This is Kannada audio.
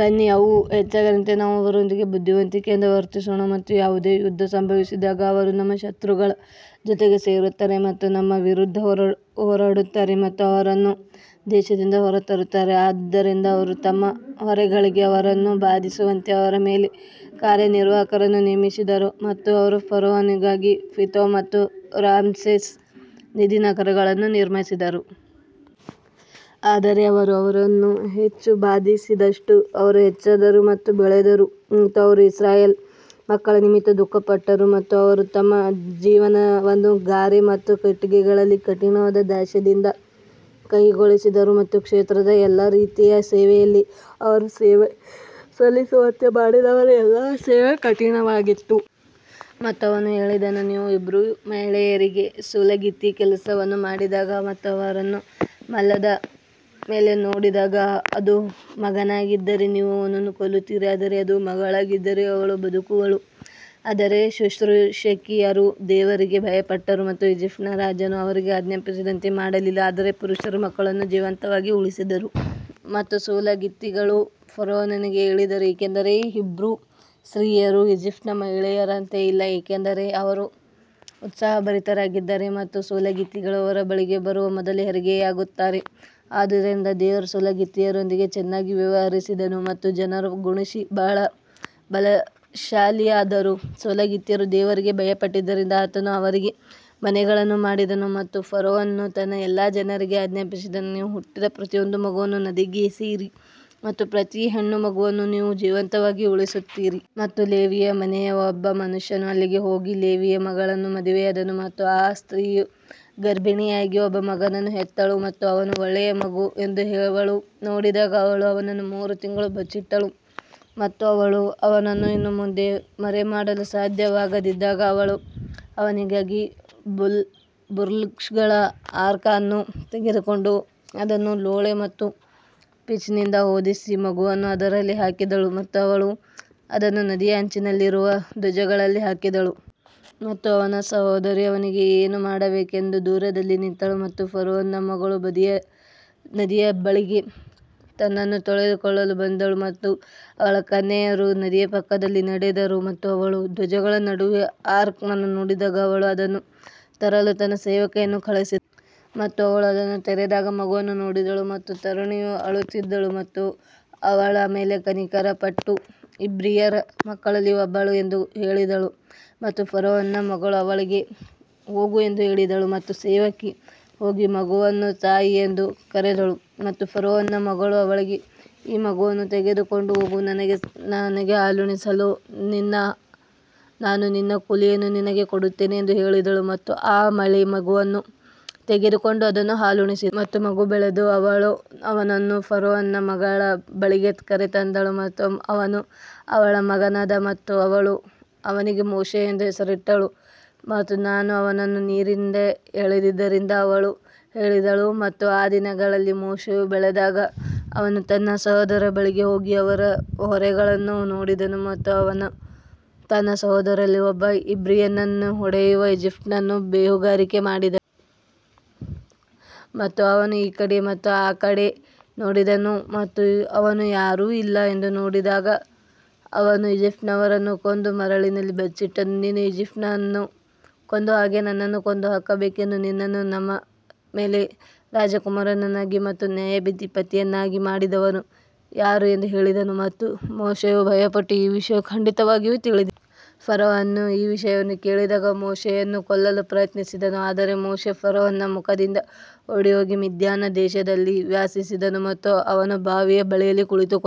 ಬನ್ನಿ ಅವು ಹೆಚ್ಚಾಗದಂತೆ ನಾವು ಅವರೊಂದಿಗೆ ಬುದ್ಧಿವಂತಿಕೆಯಿಂದ ವರ್ತಿಸೋಣ ಮತ್ತು ಯಾವುದೇ ಯುದ್ಧ ಸಂಭವಿಸಿದಾಗ ಅವರು ನಮ್ಮ ಶತ್ರುಗಳ ಜೊತೆಗೆ ಸೇರುತ್ತಾರೆ ಮತ್ತು ನಮ್ಮ ವಿರುದ್ಧ ಹೋರಾಡುತ್ತಾರೆ ಮತ್ತು ಅವರನ್ನು ದೇಶದಿಂದ ಹೊರತರುತ್ತಾರೆ. ಆದುದರಿಂದ ಅವರು ತಮ್ಮ ಹೊರೆಗಳಿಂದ ಅವರನ್ನು ಬಾಧಿಸುವಂತೆ ಅವರ ಮೇಲೆ ಕಾರ್ಯನಿರ್ವಾಹಕರನ್ನು ನೇಮಿಸಿದರು ಮತ್ತು ಅವರು ಫರೋಹನಿಗಾಗಿ ಪಿಥೋಮ್ ಮತ್ತು ರಾಮ್ಸೆಸ್ ನಿಧಿ ನಗರಗಳನ್ನು ನಿರ್ಮಿಸಿದರು. ಆದರೆ ಅವರು ಅವರನ್ನು ಹೆಚ್ಚು ಬಾಧಿಸಿದಷ್ಟೂ ಅವರು ಹೆಚ್ಚಾದರು ಮತ್ತು ಬೆಳೆದರು ಮತ್ತು ಅವರು ಇಸ್ರಾಯೇಲ್ ಮಕ್ಕಳ ನಿಮಿತ್ತ ದುಃಖಪಟ್ಟರು. ಮತ್ತು ಅವರು ತಮ್ಮ ಜೀವನವನ್ನು ಗಾರೆ ಮತ್ತು ಇಟ್ಟಿಗೆಗಳಲ್ಲಿ ಕಠಿಣವಾದ ದಾಸ್ಯದಿಂದ ಕಹಿಗೊಳಿಸಿದರು ಮತ್ತು ಕ್ಷೇತ್ರದಲ್ಲಿ ಎಲ್ಲಾ ರೀತಿಯ ಸೇವೆಯಲ್ಲಿ ಅವರು ಸೇವೆ ಸಲ್ಲಿಸುವಂತೆ ಮಾಡಿದ ಅವರ ಎಲ್ಲಾ ಸೇವೆಯು ಕಠಿಣವಾಗಿತ್ತು. ಮತ್ತು ಅವನು ಹೇಳಿದನು, ನೀವು ಹೀಬ್ರೂ ಮಹಿಳೆಯರಿಗೆ ಸೂಲಗಿತ್ತಿಯ ಕೆಲಸವನ್ನು ಮಾಡಿದಾಗ ಮತ್ತು ಅವರನ್ನು ಮಲದ ಮೇಲೆ ನೋಡಿದಾಗ ಅದು ಮಗನಾಗಿದ್ದರೆ ನೀವು ಅವನನ್ನು ಕೊಲ್ಲುತ್ತೀರಿ ಆದರೆ ಅದು ಮಗಳಾಗಿದ್ದರೆ ಅವಳು ಬದುಕುವಳು. ಆದರೆ ಶುಶ್ರೂಷಕಿಯರು ದೇವರಿಗೆ ಭಯಪಟ್ಟರು ಮತ್ತು ಈಜಿಪ್ಟಿನ ರಾಜನು ಅವರಿಗೆ ಆಜ್ಞಾಪಿಸಿದಂತೆ ಮಾಡಲಿಲ್ಲ ಆದರೆ ಪುರುಷರ ಮಕ್ಕಳನ್ನು ಜೀವಂತವಾಗಿ ಉಳಿಸಿದರು. ಮತ್ತು ಸೂಲಗಿತ್ತಿಗಳು ಫರೋಹನಿಗೆ ಹೇಳಿದರು ಏಕೆಂದರೆ ಹೀಬ್ರೂ ಸ್ತ್ರೀಯರು ಈಜಿಪ್ಟಿನ ಮಹಿಳೆಯರಂತೆ ಇಲ್ಲ ಏಕೆಂದರೆ ಅವರು ಉತ್ಸಾಹಭರಿತರಾಗಿದ್ದಾರೆ ಮತ್ತು ಸೂಲಗಿತ್ತಿಗಳು ಅವರ ಬಳಿಗೆ ಬರುವ ಮೊದಲು ಹೆರಿಗೆಯಾಗುತ್ತಾರೆ. ಆದುದರಿಂದ ದೇವರು ಸೂಲಗಿತ್ತಿಯರೊಂದಿಗೆ ಚೆನ್ನಾಗಿ ವ್ಯವಹರಿಸಿದನು ಮತ್ತು ಜನರು ಗುಣಿಸಿ ಬಹಳ ಬಲಶಾಲಿಯಾದರು ಸೂಲಗಿತ್ತಿಯರು ದೇವರಿಗೆ ಭಯಪಟ್ಟದ್ದರಿಂದ ಆತನು ಅವರಿಗೆ ಮನೆಗಳನ್ನು ಮಾಡಿದನು ಮತ್ತು ಫರೋಹನು ತನ್ನ ಎಲ್ಲಾ ಜನರಿಗೆ ಆಜ್ಞಾಪಿಸಿದನು, ನೀವು ಹುಟ್ಟಿದ ಪ್ರತಿಯೊಂದು ಮಗನನ್ನು ನದಿಗೆ ಎಸೆಯಿರಿ ಮತ್ತು ಪ್ರತಿ ಹೆಣ್ಣು ಮಗುವನ್ನು ನೀವು ಜೀವಂತವಾಗಿ ಉಳಿಸುತ್ತೀರಿ. ಮತ್ತು ಲೇವಿಯ ಮನೆಯ ಒಬ್ಬ ಮನುಷ್ಯನು ಅಲ್ಲಿಗೆ ಹೋಗಿ ಲೇವಿಯ ಮಗಳನ್ನು ಮದುವೆಯಾದನು ಮತ್ತು ಆ ಸ್ತ್ರೀಯು ಗರ್ಭಿಣಿಯಾಗಿ ಒಬ್ಬ ಮಗನನ್ನು ಹೆತ್ತಳು ಮತ್ತು ಅವನು ಒಳ್ಳೆಯ ಮಗು ಎಂದು ಅವಳು ನೋಡಿದಾಗ ಅವಳು ಅವನನ್ನು ಮೂರು ತಿಂಗಳು ಬಚ್ಚಿಟ್ಟಳು. ಮತ್ತು ಅವಳು ಅವನನ್ನು ಇನ್ನು ಮುಂದೆ ಮರೆಮಾಡಲು ಸಾಧ್ಯವಾಗದಿದ್ದಾಗ ಅವಳು ಅವನಿಗಾಗಿ ಬುಲ್ರಶ್ಗಳ ಆರ್ಕ್ ಅನ್ನು ತೆಗೆದುಕೊಂಡು ಅದನ್ನು ಲೋಳೆ ಮತ್ತು ಪಿಚ್ನಿಂದ ಹೊದಿಸಿ ಮಗುವನ್ನು ಅದರಲ್ಲಿ ಹಾಕಿದಳು ಮತ್ತು ಅವಳು ಅದನ್ನು ನದಿಯ ಅಂಚಿನಲ್ಲಿರುವ ಧ್ವಜಗಳಲ್ಲಿ ಹಾಕಿದಳು. ಮತ್ತು ಅವನ ಸಹೋದರಿ ಅವನಿಗೆ ಏನು ಮಾಡಬೇಕೆಂದು ದೂರದಲ್ಲಿ ನಿಂತಳು ಮತ್ತು ಫರೋಹನ ಮಗಳು ನದಿಯ ಬಳಿಗೆ ತನ್ನನ್ನು ತೊಳೆದುಕೊಳ್ಳಲು ಬಂದಳು ಮತ್ತು ಅವಳ ಕನ್ಯೆಯರು ನದಿಯ ಪಕ್ಕದಲ್ಲಿ ನಡೆದರು ಮತ್ತು ಅವಳು ಧ್ವಜಗಳ ನಡುವೆ ಆರ್ಕ್ ಅನ್ನು ನೋಡಿದಾಗ ಅವಳು ಅದನ್ನು ತರಲು ತನ್ನ ಸೇವಕಿಯನ್ನು ಕಳುಹಿಸಿದಳು. ಮತ್ತು ಅವಳು ಅದನ್ನು ತೆರೆದಾಗ ಮಗುವನ್ನು ನೋಡಿದಳು ಮತ್ತು ತರುಣಿಯು ಅಳುತ್ತಿದ್ದಳು ಮತ್ತು ಅವಳು ಅವನ ಮೇಲೆ ಕನಿಕರಪಟ್ಟು ಇಬ್ರಿಯರ ಮಕ್ಕಳಲ್ಲಿ ಒಬ್ಬಳು ಎಂದು ಹೇಳಿದಳು. ಮತ್ತು ಫರೋಹನ ಮಗಳು ಅವಳಿಗೆ ಹೋಗು ಎಂದು ಹೇಳಿದಳು ಮತ್ತು ಸೇವಕಿ ಹೋಗಿ ಮಗುವನ್ನು ತಾಯಿ ಎಂದು ಕರೆದಳು ಮತ್ತು ಫರೋಹನ ಮಗಳು ಅವಳಿಗೆ ಈ ಮಗುವನ್ನು ತೆಗೆದುಕೊಂಡು ಹೋಗು ಮತ್ತು ನನಗೆ ಹಾಲುಣಿಸಲು ನಾನು ನಿನ್ನ ಕೂಲಿಯನ್ನು ನಿನಗೆ ಕೊಡುತ್ತೇನೆ ಎಂದು ಹೇಳಿದಳು ಮತ್ತು ಆ ಮಹಿಳೆ ಮಗುವನ್ನು ತೆಗೆದುಕೊಂಡು ಅದನ್ನು ಹಾಲುಣಿಸಿದಳು. ಮತ್ತು ಮಗು ಬೆಳೆದು ಅವಳು ಅವನನ್ನು ಫರೋಹನ ಮಗಳ ಬಳಿಗೆ ಕರೆತಂದಳು ಮತ್ತು ಅವನು ಅವಳ ಮಗನಾದನು ಮತ್ತು ಅವಳು ಅವನಿಗೆ ಮೋಶೆ ಎಂದು ಹೆಸರಿಟ್ಟಳು ಮತ್ತು ನಾನು ಅವನನ್ನು ನೀರಿನಿಂದ ಎಳೆದಿದ್ದರಿಂದ ಅವಳು ಹೇಳಿದಳು. ಮತ್ತು ಆ ದಿನಗಳಲ್ಲಿ ಮೋಶೆಯು ಬೆಳೆದಾಗ ಅವನು ತನ್ನ ಸಹೋದರರ ಬಳಿಗೆ ಹೋಗಿ ಅವರ ಹೊರೆಗಳನ್ನು ನೋಡಿದನು ಮತ್ತು ಅವನು ತನ್ನ ಸಹೋದರರಲ್ಲಿ ಒಬ್ಬ ಇಬ್ರಿಯನನ್ನು ಹೊಡೆಯುವ ಈಜಿಪ್ಟಿನವನನ್ನು ಬೇಹುಗಾರಿಕೆ ಮಾಡಿದನು. ಮತ್ತು ಅವನು ಈ ಕಡೆ ಮತ್ತು ಆ ಕಡೆ ನೋಡಿದನು ಮತ್ತು ಅವನು ಯಾರೂ ಇಲ್ಲ ಎಂದು ನೋಡಿದಾಗ ಅವನು ಈಜಿಪ್ಟಿನವರನ್ನು ಕೊಂದು ಮರಳಿನಲ್ಲಿ ಬಚ್ಚಿಟ್ಟನು. ನೀನು ಈಜಿಪ್ಟಿನವನನ್ನು ಕೊಂದ ಹಾಗೆ ನನ್ನನ್ನೂ ಕೊಂದುಹಾಕಬೇಕೆಂದು ನಿನ್ನನ್ನು ನಮ್ಮ ಮೇಲೆ ರಾಜಕುಮಾರನನ್ನಾಗಿ ಮತ್ತು ನ್ಯಾಯಾಧಿಪತಿಯನ್ನಾಗಿ ಮಾಡಿದವರು ಯಾರು ಎಂದು ಹೇಳಿದನು ಮತ್ತು ಮೋಶೆಯು ಭಯಪಟ್ಟು ಈ ವಿಷಯವು ಖಂಡಿತವಾಗಿಯೂ ತಿಳಿದಿದೆ. ಫರೋಹನು ಈ ವಿಷಯವನ್ನು ಕೇಳಿದಾಗ ಮೋಶೆಯನ್ನು ಕೊಲ್ಲಲು ಪ್ರಯತ್ನಿಸಿದನು ಆದರೆ ಮೋಶೆ ಫರೋಹನ ಮುಖದಿಂದ ಓಡಿಹೋಗಿ ಮಿದ್ಯಾನ್ ದೇಶದಲ್ಲಿ ವಾಸಿಸಿದನು ಮತ್ತು ಅವನು ಬಾವಿಯ ಬಳಿಯಲ್ಲಿ ಕುಳಿತುಕೊಂಡನು.